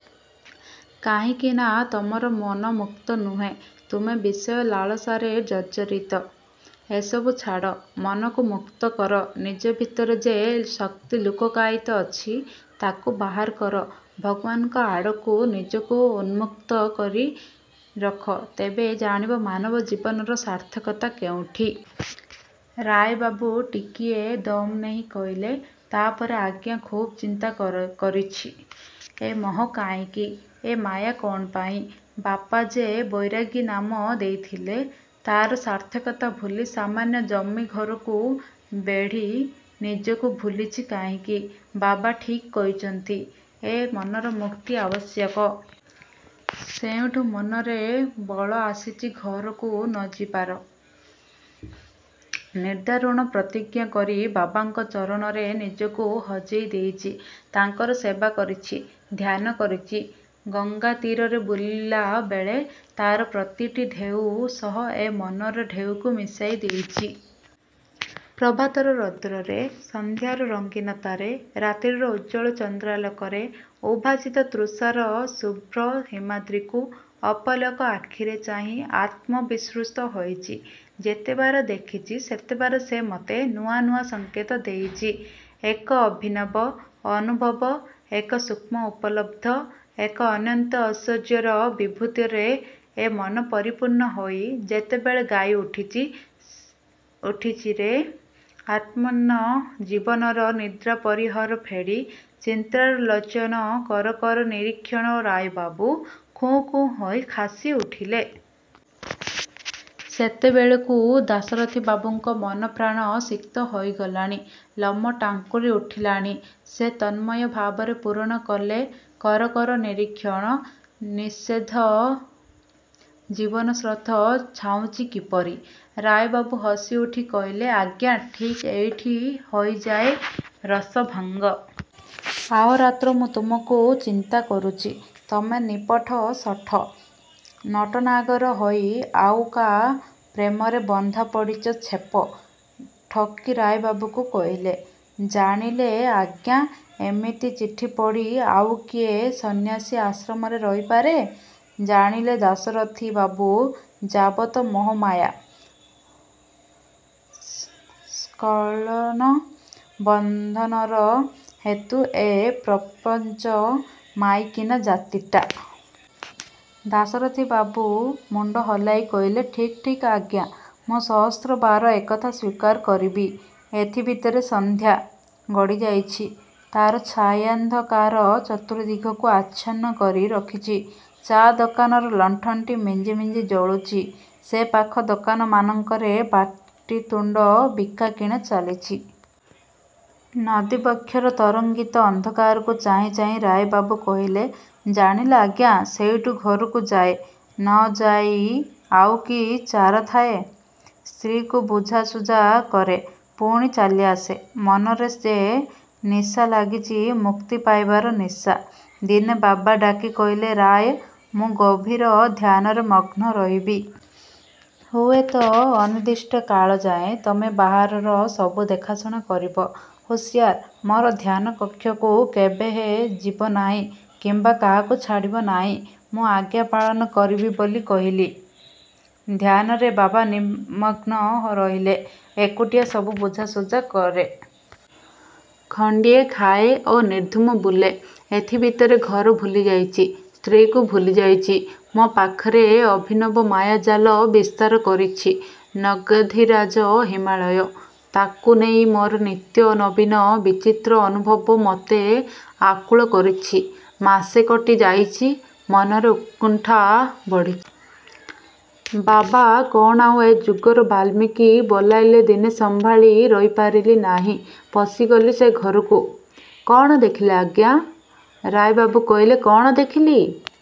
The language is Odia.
କାହିଁକି ନା ତମର ମନ ମୁକ୍ତ ନୁହେଁ, ତୁମେ ବିଷୟ ଲାଳସାରେ ଜର୍ଜରିତ। ଏସବୁ ଛାଡ଼, ମନକୁ ମୁକ୍ତ କର ନିଜ ଭିତରେ ଯେ ଶକ୍ତି ଲୁକକାୟିତ ଅଛି ତାକୁ ବାହାର କର। ଭଗବାନଙ୍କ ଆଡ଼କୁ ନିଜକୁ ଉନ୍ମୁକ୍ତ କରି ରଖ ତେବେ ଜାଣିବ ମାନବ ଜୀବନର ସାର୍ଥକତା କେଉଁଠି। ରାୟବାବୁ ଟିକିଏ ଦମ୍ ନେଇ କହିଲେ ତାପରେ ଆଜ୍ଞା ଖୁବ୍ ଚିନ୍ତା କରିଛି। ଏ ମୋହ କାହିଁକି? ଏ ମାୟା କଣ ପାଇଁ? ବାପା ଯେ ବୈରାଗୀ ନାମ ଦେଇଥିଲେ ତାର ସାର୍ଥକତା ଭୁଲି ସାମାନ୍ୟ ଜମି ଘରକୁ ବେଢ଼ି ନିଜକୁ ଭୁଲିଚି କାହିଁକି? ବାବା ଠିକ୍ କହିଛନ୍ତି ଏ ମନର ମୁକ୍ତି ଆବଶ୍ୟକ । ସେଉଠୁ ମନରେ ବଳ ଆସିଚି ଘରକୁ ନ ଯିବାର, ନିଦାରୁଣ ପ୍ରତିଜ୍ଞା କରି ବାବାଙ୍କ ଚରଣରେ ନିଜକୁ ହଜେଇ ଦେଇଚି। ତାଙ୍କର ସେବା କରିଛି, ଧ୍ୟାନ କରିଛି, ଗଙ୍ଗା ତୀରରେ ବୁଲିଲା ବେଳେ ତାର ପ୍ରତିଟି ଢ଼େଉ ସହ ଏ ମନର ଢ଼େଉକୁ ମିଶାଇ ଦେଇଚି। ପ୍ରଭାତର ରୌଦ୍ରରେ, ସନ୍ଧ୍ୟାର ରଙ୍ଗୀନତାରେ, ରାତ୍ରିର ଉଜ୍ଜଳ ଚନ୍ଦ୍ରାଲୋକରେ ଉଦ୍ଭାସିତ ତୁଷାର ଶୁଭ୍ର ହିମାଦ୍ରୀକୁ ଅପଲକ ଆଖିରେ ଚାହିଁ ଆତ୍ମବିସୃତ ହୋଇଚି। ଯେତେବାର ଦେଖିଚି ସେତେବାର ସେ ମତେ ନୂଆ ନୂଆ ସଙ୍କେତ ଦେଇଚି। ଏକ ଅଭିନବ, ଅନୁଭବ, ଏକ ସୂକ୍ଷ୍ମ ଉପଲବ୍ଧ, ଏକ ଅନନ୍ତ ଐଶ୍ୱର୍ଯ୍ୟର ବିଭୂତିରେ ଏ ମନ ପରିପୂର୍ଣ୍ଣ ହୋଇ ଯେତେବେଳେ ଗାଇ ଉଠିଚି ଉଠିଚି ରେ ଆତ୍ମନ୍ନ ଜୀବନର ନିଦ୍ରା ପରିହର ଫେଡ଼ି ଚିନ୍ତାର ଲୋଚନ କର କର ନିରୀକ୍ଷଣ ରାୟବାବୁ ଖୁଁ ଖୁଁ ହୋଇ କାଶି ଉଠିଲେ। ସେତେବେଳକୁ ଦାଶରଥିବାବୁଙ୍କ ମନ ପ୍ରାଣ ସିକ୍ତ ହୋଇଗଲାଣି, ଲୋମ ଟାଙ୍କୁରି ଉଠିଲାଣି। ସେ ତନ୍ମୟ ଭାବରେ ପୂରଣ କଲେ କର କର ନିରୀକ୍ଷଣ, ନିଃଶବ୍ଦେ ଜୀବନ ସ୍ରୋତ ଧାଉଁଚି କିପରି? ରାୟବାବୁ ହସି ଉଠି କହିଲେ ଆଜ୍ଞା ଠିକ୍ ଏଇଠି ହୋଇଯାଏ ରସ ଭଙ୍ଗ । ଅହୋରାତ୍ର ମୁଁ ତୁମକୁ ଚିନ୍ତା କରୁଚି ତମେ ନିପଟ ଶଠ, ନଟନାଗର ହୋଇ ଆଉ କା ପ୍ରେମରେ ବନ୍ଧା ପଡ଼ିଚ ଛେପ ଢକି ରାୟବାବୁ କୁ କହିଲେ, ଜାଣିଲେ ଆଜ୍ଞା ଏମିତି ଚିଠି ପଢ଼ି ଆଉ କିଏ ସନ୍ନ୍ୟାସୀ ଆଶ୍ରମରେ ରହିପାରେ। ଜାଣିଲେ ଦାଶରଥି ବାବୁ ଯାବତ ମୋହ ମାୟା, ସ୍କଳନ, ବନ୍ଧନର ହେତୁ ଏ ପ୍ରପଞ୍ଚ ମାଇକିନା ଜାତିଟା। ଦାଶରଥି ବାବୁ ମୁଣ୍ଡ ହଲାଇ କହିଲେ ଠିକ୍ ଠିକ୍ ଆଜ୍ଞା। ମୁଁ ସହସ୍ର ବାର ଏକଥା ସ୍ଵୀକାର କରିବି। ଏଥି ଭିତରେ ସନ୍ଧ୍ୟା। ଗଡ଼ିଯାଇଚି। ତାର ଛାୟାନ୍ଧକାର ଚତୁର୍ଦ୍ଦିଗକୁ ଆଚ୍ଛନ୍ନ କରି ରଖିଚି। ଚା ଦୋକାନର ଲଣ୍ଠନଟି ମିଞ୍ଜି ମିଞ୍ଜି ଜଳୁଚି। ସେପାଖ ଦୋକାନମାନଙ୍କରେ ପାଟିତୁଣ୍ଡ, ବିକାକିଣା ଚାଲିଚି। ନଦୀ ବକ୍ଷର ତରଙ୍ଗିତ ଅନ୍ଧକାରକୁ ଚାହିଁ ଚାହିଁ ରାୟ ବାବୁ କହିଲେ ଯାଣିଲେ ଆଜ୍ଞା ସେଇଠୁ ଘରକୁ ଯାଏ, ନ ଯାଇ ଆଉକି ଚାରାଥାଏ। ସ୍ତ୍ରୀକୁ ବୁଝାଶୁଝା କରେ, ପୁଣି ଚାଲି ଆସେ। ମନରେ ଯେ ନିଶାଲାଗିଚି ମୁକ୍ତି ପାଇବାର ନିଶା। ଦିନେ ବାବା ଡାକି କହିଲେ ରାୟ ମୁଁ ଗଭୀର ଧ୍ୟାନରେ ମଗ୍ନ ରହିବି। ହୁଏତ ଅନିର୍ଦ୍ଦିଷ୍ଟ କାଳଯାଏ। ତମେ ବାହାରର ସବୁ ଦେଖାଶୁଣା କରିବ। ହୁସିଆର, ମୋର ଧ୍ୟାନ କକ୍ଷକୁ କେବେହେଁ ଯିବ ନାହିଁ କିମ୍ବା କାହାକୁ ଛାଡ଼ିବ ନାହିଁ। ମୁଁ ଆଜ୍ଞା ପାଳନ କରିବି ବୋଲି କହିଲି। ଧ୍ୟାନରେ ବାବା ନିମଗ୍ନ ରହିଲେ। ଏକୁଟିଆ ସବୁ ବୁଝାଶୁଝା କରେ। ଗଣ୍ଡିଏ ଖାଏ ଓ ନିର୍ଦ୍ଧୁମ ବୁଲେ। ଏଥି ଭିତରେ ଘର ଭୁଲିଯାଇଚି, ସ୍ତ୍ରୀକୁ ଭୁଲିଯାଇଚି। ମୋ ପାଖରେ ଅଭିନବ ମାୟାଜାଲ ବିସ୍ତାର କରିଚି ନଗାଧିରାଜ ହିମାଳୟ। ତାକୁ ନେଇ ମୋର ନିତ୍ୟ ନବୀନ ବିଚିତ୍ର ଅନୁଭବ ମତେ ଆକୁଳ କରିଚି। ମାସେ କଟି ଯାଇଚି, ମନରେ ଉତ୍କଣ୍ଠା ବଢ଼ିଚି। ବାବା କଣ ଆଉ ଏ ଯୁଗର ବାଲ୍ମୀକି ବୋଲାଇଲେ ଦିନେ ସମ୍ଭାଳି ରହିପାରିଲି ନାହିଁ, ପଶିଗଲି ସେ ଘରକୁ। କଣ ଦେଖିଲେ ଆଜ୍ଞା? ରାୟ ବାବୁ କହିଲେ, କଣ ଦେଖିଲି